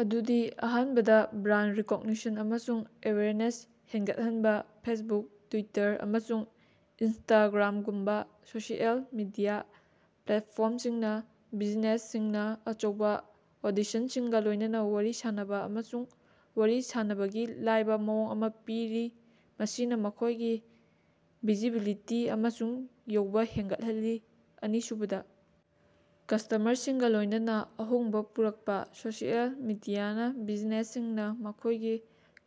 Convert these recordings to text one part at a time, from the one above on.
ꯑꯗꯨꯗꯤ: ꯑꯍꯥꯟꯕꯗ, brand recognition ꯑꯃꯁꯨꯡ ꯑꯦꯋꯦꯌ꯭ꯔꯅꯦꯁ ꯍꯦꯟꯒꯠꯍꯟꯕ: ꯐꯦꯁꯕꯨꯛ, ꯇ꯭ꯋꯤꯇꯔ, ꯑꯃꯁꯨꯡ ꯏꯟꯁꯇꯥꯒ꯭ꯔꯥꯝꯒꯨꯝꯕ ꯁꯣꯁꯤꯑꯦꯜ ꯃꯤꯗꯤꯌꯥ ꯄ꯭ꯂꯦꯠꯐ꯭ꯣꯔꯝꯁꯤꯡꯅ ꯕꯤꯖꯤꯅꯦꯁꯁꯤꯡꯅ ꯑꯆꯧꯕꯥ ꯑꯣꯗꯤꯁꯟꯁꯤꯡꯒ ꯂꯣꯏꯅꯅ ꯋꯥꯔꯤ ꯁꯥꯅꯕ ꯑꯃꯁꯨꯡ ꯋꯥꯔꯤ ꯁꯥꯅꯕꯒꯤ ꯂꯥꯏꯕ ꯃꯑꯣꯡ ꯑꯃꯥ ꯄꯤꯔꯤ, ꯃꯁꯤꯅ ꯃꯈꯣꯏꯒꯤ ꯚꯤꯖꯤꯕꯤꯂꯤꯇꯤ ꯑꯃꯁꯨꯡ ꯌꯧꯕ ꯍꯦꯡꯒꯠꯍꯜꯂꯤ꯫ ꯑꯅꯤꯁꯨꯕꯗ, ꯀ꯭ꯁꯇꯃ꯭ꯔꯁꯤꯡꯒ ꯂꯣꯏꯅꯅ ꯑꯍꯣꯡꯕ ꯄꯨꯔꯛꯄ: ꯁꯣꯁꯤꯑꯦꯜ ꯃꯤꯗꯤꯌꯥꯅ ꯕꯤꯖꯤꯅꯦꯁꯁꯤꯡꯅ ꯃꯈꯣꯏꯒꯤ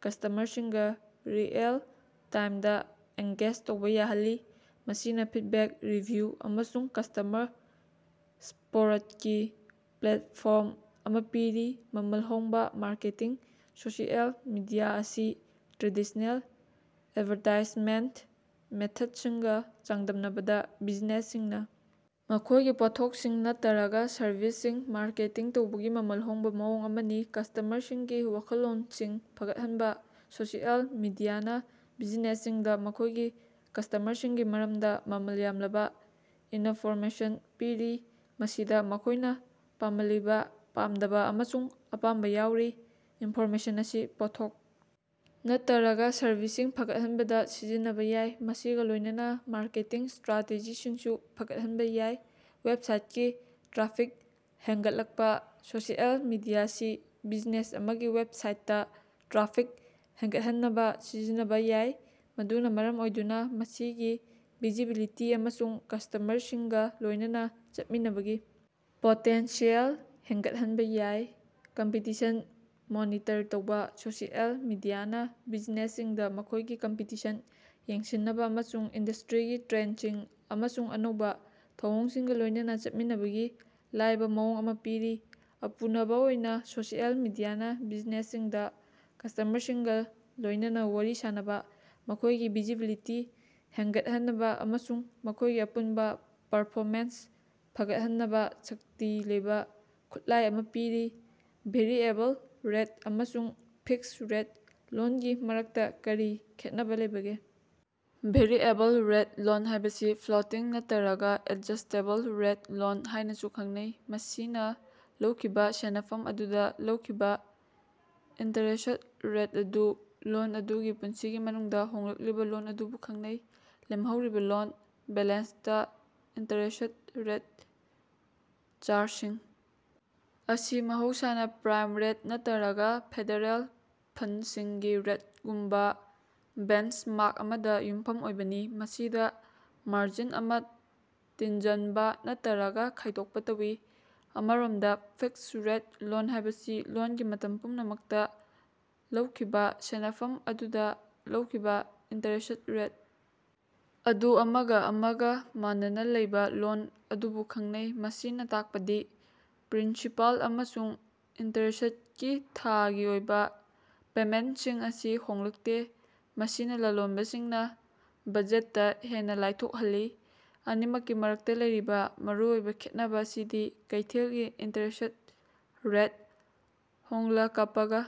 ꯀ꯭ꯁꯇꯃ꯭ꯔꯁꯤꯡꯒ ꯔꯤꯑꯦꯜ-ꯇꯥꯏꯝꯗ ꯑꯦꯡꯒꯦꯖ ꯇꯧꯕꯥ ꯌꯥꯍꯜꯂꯤ, ꯃꯁꯤꯅ ꯐꯤꯗꯕꯦꯛ, ꯔꯤꯚ꯭ꯌꯨ ꯑꯃꯁꯨꯡ ꯀ꯭ꯁꯇꯃ꯭ꯔ ꯁꯄꯣꯔꯠꯀꯤ ꯄ꯭ꯂꯦꯠꯐ꯭ꯣꯔꯝ ꯑꯃꯥ ꯄꯤꯔꯤ꯫ ꯃꯃꯜ ꯍꯣꯡꯕ ꯃꯥꯔꯀꯦꯇꯤꯡ: ꯁꯣꯁꯤꯑꯦꯜ ꯃꯤꯗꯤꯌꯥ ꯑꯁꯤ ꯇ꯭ꯔꯦꯗꯤꯁꯅꯦꯜ ꯑꯦꯗꯚꯥꯔꯇꯥꯏꯖꯃꯦꯟꯠ ꯃꯦꯊꯠꯁꯤꯡꯒ ꯆꯥꯡꯗꯝꯅꯕꯗ, ꯕꯤꯖꯤꯅꯦꯁꯁꯤꯡꯅ ꯃꯈꯣꯏꯒꯤ ꯄꯣꯠꯊꯣꯛꯁꯤꯡ ꯅꯠꯇꯔꯒ ꯁꯔꯚꯤꯁꯁꯤꯡ ꯃꯥꯔꯀꯦꯇꯤꯡ ꯇꯧꯕꯒꯤ ꯃꯃꯜ ꯍꯣꯡꯕꯥ ꯃꯑꯣꯡ ꯑꯃꯅꯤ꯫ ꯀ꯭ꯁꯇꯃ꯭ꯔꯁꯤꯡꯒꯤ ꯋꯥꯈꯜꯂꯣꯟꯁꯤꯡ ꯐꯒꯠꯍꯟꯕ: ꯁꯣꯁꯤꯑꯦꯜ ꯃꯤꯗꯤꯌꯥꯅ ꯕꯤꯖꯤꯅꯦꯁꯁꯤꯡꯗ ꯃꯈꯣꯏꯒꯤ ꯀ꯭ꯁꯇꯃ꯭ꯔꯁꯤꯡꯒꯤ ꯃꯔꯝꯗ ꯃꯃꯜ ꯌꯥꯝꯂꯕ ꯏꯅꯐꯣꯔꯃꯦꯁꯟ ꯄꯤꯔꯤ, ꯃꯁꯤꯗ ꯃꯈꯣꯏꯅ ꯄꯥꯃꯂꯤꯕ, ꯄꯥꯝꯗꯕ ꯑꯃꯁꯨꯡ ꯑꯄꯥꯝꯕ ꯌꯥꯎꯔꯤ꯫ ꯏꯟꯐꯣꯔꯃꯦꯁꯟ ꯑꯁꯤ ꯄꯣꯠꯊꯣꯛ ꯅꯠꯇꯔꯒ ꯁꯔꯚꯤꯁꯁꯤꯡ ꯐꯒꯠꯍꯟꯕꯗ ꯁꯤꯖꯤꯟꯅꯕ ꯌꯥꯏ, ꯃꯁꯤꯒ ꯂꯣꯏꯅꯅ ꯃꯥꯔꯀꯦꯇꯤꯡ ꯁ꯭ꯇꯔꯥꯇꯦꯖꯤꯁꯤꯡꯁꯨ ꯐꯒꯠꯍꯟꯕ ꯌꯥꯏ꯫ ꯋꯦꯕꯁꯥꯏꯠꯀꯤ ꯇ꯭ꯔꯥꯐꯤꯛ ꯍꯦꯡꯒꯠꯂꯛꯄꯥ: ꯁꯣꯁꯤꯑꯦꯜ ꯃꯤꯗꯤꯌꯥ ꯑꯁꯤ ꯕꯤꯖꯤꯅꯦꯁ ꯑꯃꯒꯤ ꯋꯦꯕꯁꯥꯏꯠꯇ ꯇ꯭ꯔꯥꯐꯤꯛ ꯍꯦꯡꯒꯠꯍꯟꯅꯕ ꯁꯤꯖꯤꯟꯅꯕ ꯌꯥꯏ, ꯃꯗꯨꯅ ꯃꯔꯝ ꯑꯣꯏꯗꯨꯅ ꯃꯁꯤꯒꯤ ꯚꯤꯖꯤꯕꯤꯂꯤꯇꯤ ꯑꯃꯁꯨꯡ ꯀ꯭ꯁꯇꯃ꯭ꯔꯁꯤꯡꯒ ꯂꯣꯏꯅꯅ ꯆꯠꯃꯤꯟꯅꯕꯒꯤ ꯄꯣꯇꯦꯟꯁꯤꯑꯦꯜ ꯍꯦꯡꯒꯠꯍꯟꯕ ꯌꯥꯏ꯫ ꯀꯝꯄꯤꯇꯤꯁꯟ ꯃꯣꯅꯤꯇꯔ ꯇꯧꯕ: ꯁꯣꯁꯤꯑꯦꯜ ꯃꯤꯗꯤꯌꯥꯅ ꯕꯤꯖꯤꯅꯦꯁꯁꯤꯡꯗ ꯃꯈꯣꯏꯒꯤ ꯀꯝꯄꯤꯇꯤꯁꯟ ꯌꯦꯡꯁꯤꯟꯅꯕ ꯑꯃꯁꯨꯡ ꯏꯟꯗꯁ꯭ꯇꯔꯤꯒꯤ ꯇ꯭ꯔꯦꯟꯁꯤꯡ ꯑꯃꯁꯨꯡ ꯑꯅꯧꯕ ꯊꯧꯑꯣꯡꯁꯤꯡꯒ ꯂꯣꯏꯅꯅ ꯆꯠꯃꯤꯟꯅꯕꯒꯤ ꯂꯥꯏꯕ ꯃꯑꯣꯡ ꯑꯃ ꯄꯤꯔꯤ꯫ ꯑꯄꯨꯅꯕ ꯑꯣꯏꯅ ꯁꯣꯁꯤꯑꯦꯜ ꯃꯤꯗꯤꯌꯥꯅ ꯕꯤꯖꯤꯅꯦꯁꯁꯤꯡꯗ ꯀ꯭ꯁꯇꯃ꯭ꯔꯁꯤꯡꯒ ꯂꯣꯏꯅꯅ ꯋꯥꯔꯤ ꯁꯥꯅꯕ, ꯃꯈꯣꯏꯒꯤ ꯚꯤꯖꯤꯕꯤꯂꯤꯇꯤ ꯍꯦꯡꯒꯠꯍꯟꯅꯕ ꯑꯃꯁꯨꯡ ꯃꯈꯣꯏꯒꯤ ꯑꯄꯨꯟꯕ ꯄꯔꯐꯣꯃꯦꯟꯁ ꯐꯒꯠꯍꯟꯅꯕ ꯁꯛꯇꯤ ꯂꯩꯕ ꯈꯨꯠꯂꯥꯏ ꯑꯃ ꯄꯤꯔꯤ꯫ ꯚꯦꯔꯤꯑꯦꯕꯜ ꯔꯦꯠ ꯑꯃꯁꯨꯡ ꯐꯤꯛꯁ ꯔꯦꯠ ꯂꯣꯟꯒꯤ ꯃꯔꯛꯇ ꯀꯔꯤ ꯈꯦꯠꯅꯕ ꯂꯩꯕꯒꯦ? ꯚꯦꯔꯤꯑꯦꯕꯜ ꯔꯦꯠ ꯂꯣꯟ ꯍꯥꯏꯕꯁꯤ ꯐ꯭ꯂꯣꯇꯤꯡ ꯅꯠꯇꯔꯒ ꯑꯦꯗꯖ꯭ꯁꯇꯦꯕꯜ ꯔꯦꯠ ꯂꯣꯟ ꯍꯥꯏꯅꯁꯨ ꯈꯪꯅꯩ, ꯃꯁꯤꯅ ꯂꯧꯈꯤꯕ ꯁꯦꯅꯐꯝ ꯑꯗꯨꯗ ꯂꯧꯈꯤꯕ ꯏꯟꯇꯔꯦꯁ꯭ꯠ ꯔꯦꯠ ꯑꯗꯨ ꯂꯣꯟ ꯑꯗꯨꯒꯤ ꯄꯨꯟꯁꯤꯒꯤ ꯃꯅꯨꯡꯗ ꯍꯣꯡꯂꯛꯂꯤꯕ ꯂꯣꯟ ꯑꯗꯨꯕꯨ ꯈꯪꯅꯩ꯫ ꯂꯦꯝꯍꯧꯔꯤꯕ ꯂꯣꯟ ꯕꯦꯂꯦꯟꯁꯇ ꯏꯟꯇꯔꯦꯁ꯭ꯠ ꯔꯦꯠ ꯆꯥ꯭ꯔꯖꯁꯤꯡ ꯑꯁꯤ ꯃꯍꯧꯁꯥꯅ ꯄ꯭ꯔꯥꯏꯝ ꯔꯦꯠ ꯅꯠꯇꯔꯒ ꯐꯦꯗꯔꯦꯜ ꯐꯟꯗꯁꯤꯡꯒꯤ ꯔꯦꯠꯒꯨꯝꯕ ꯕꯦꯟꯆꯃꯥ꯭ꯔꯛ ꯑꯃꯗ ꯌꯨꯝꯐꯝ ꯑꯣꯏꯕꯅꯤ, ꯃꯁꯤꯗ ꯃꯥꯔꯖꯤꯟ ꯑꯃ ꯇꯤꯟꯖꯟꯕ ꯅꯠꯇꯔꯒ ꯈꯥꯏꯗꯣꯛꯄ ꯇꯧꯏ꯫ ꯑꯃꯔꯣꯝꯗ, ꯐꯤꯛꯁ ꯔꯦꯠ ꯂꯣꯟ ꯍꯥꯏꯕꯁꯤ ꯂꯣꯟꯒꯤ ꯃꯇꯝ ꯄꯨꯝꯅꯃꯛꯇ ꯂꯧꯈꯤꯕ ꯁꯦꯅꯐꯝ ꯑꯗꯨꯗ ꯂꯧꯈꯤꯕ ꯏꯟꯇꯔꯦꯁ꯭ꯠ ꯔꯦꯠ ꯑꯗꯨ ꯑꯃꯒ ꯑꯃꯒ ꯃꯥꯟꯅꯅ ꯂꯩꯕ ꯂꯣꯟ ꯑꯗꯨꯕꯨ ꯈꯪꯅꯩ꯫ ꯃꯁꯤꯅ ꯇꯥꯛꯄꯗꯤ ꯄ꯭ꯔꯤꯟꯁꯤꯄꯥꯜ ꯑꯃꯁꯨꯡ ꯏꯟꯇꯔꯦꯁ꯭ꯠꯀꯤ ꯊꯥꯒꯤ ꯑꯣꯏꯕ ꯄꯦꯃꯦꯟꯠꯁꯤꯡ ꯑꯁꯤ ꯍꯣꯡꯂꯛꯇꯦ, ꯃꯁꯤꯅ ꯂꯂꯣꯟꯕꯁꯤꯡꯅ ꯕꯖꯦꯠꯇ ꯍꯦꯟꯅ ꯂꯥꯏꯊꯣꯛꯍꯜꯂꯤ꯫ ꯑꯅꯤꯃꯛꯀꯤ ꯃꯔꯛꯇ ꯂꯩꯔꯤꯕ ꯃꯔꯨꯑꯣꯏꯕ ꯈꯦꯠꯅꯕ ꯑꯁꯤꯗꯤ ꯀꯩꯊꯦꯜꯒꯤ ꯏꯟꯇꯔꯦꯁ꯭ꯠ ꯔꯦꯠ ꯍꯣꯡꯂꯀꯄꯒꯥ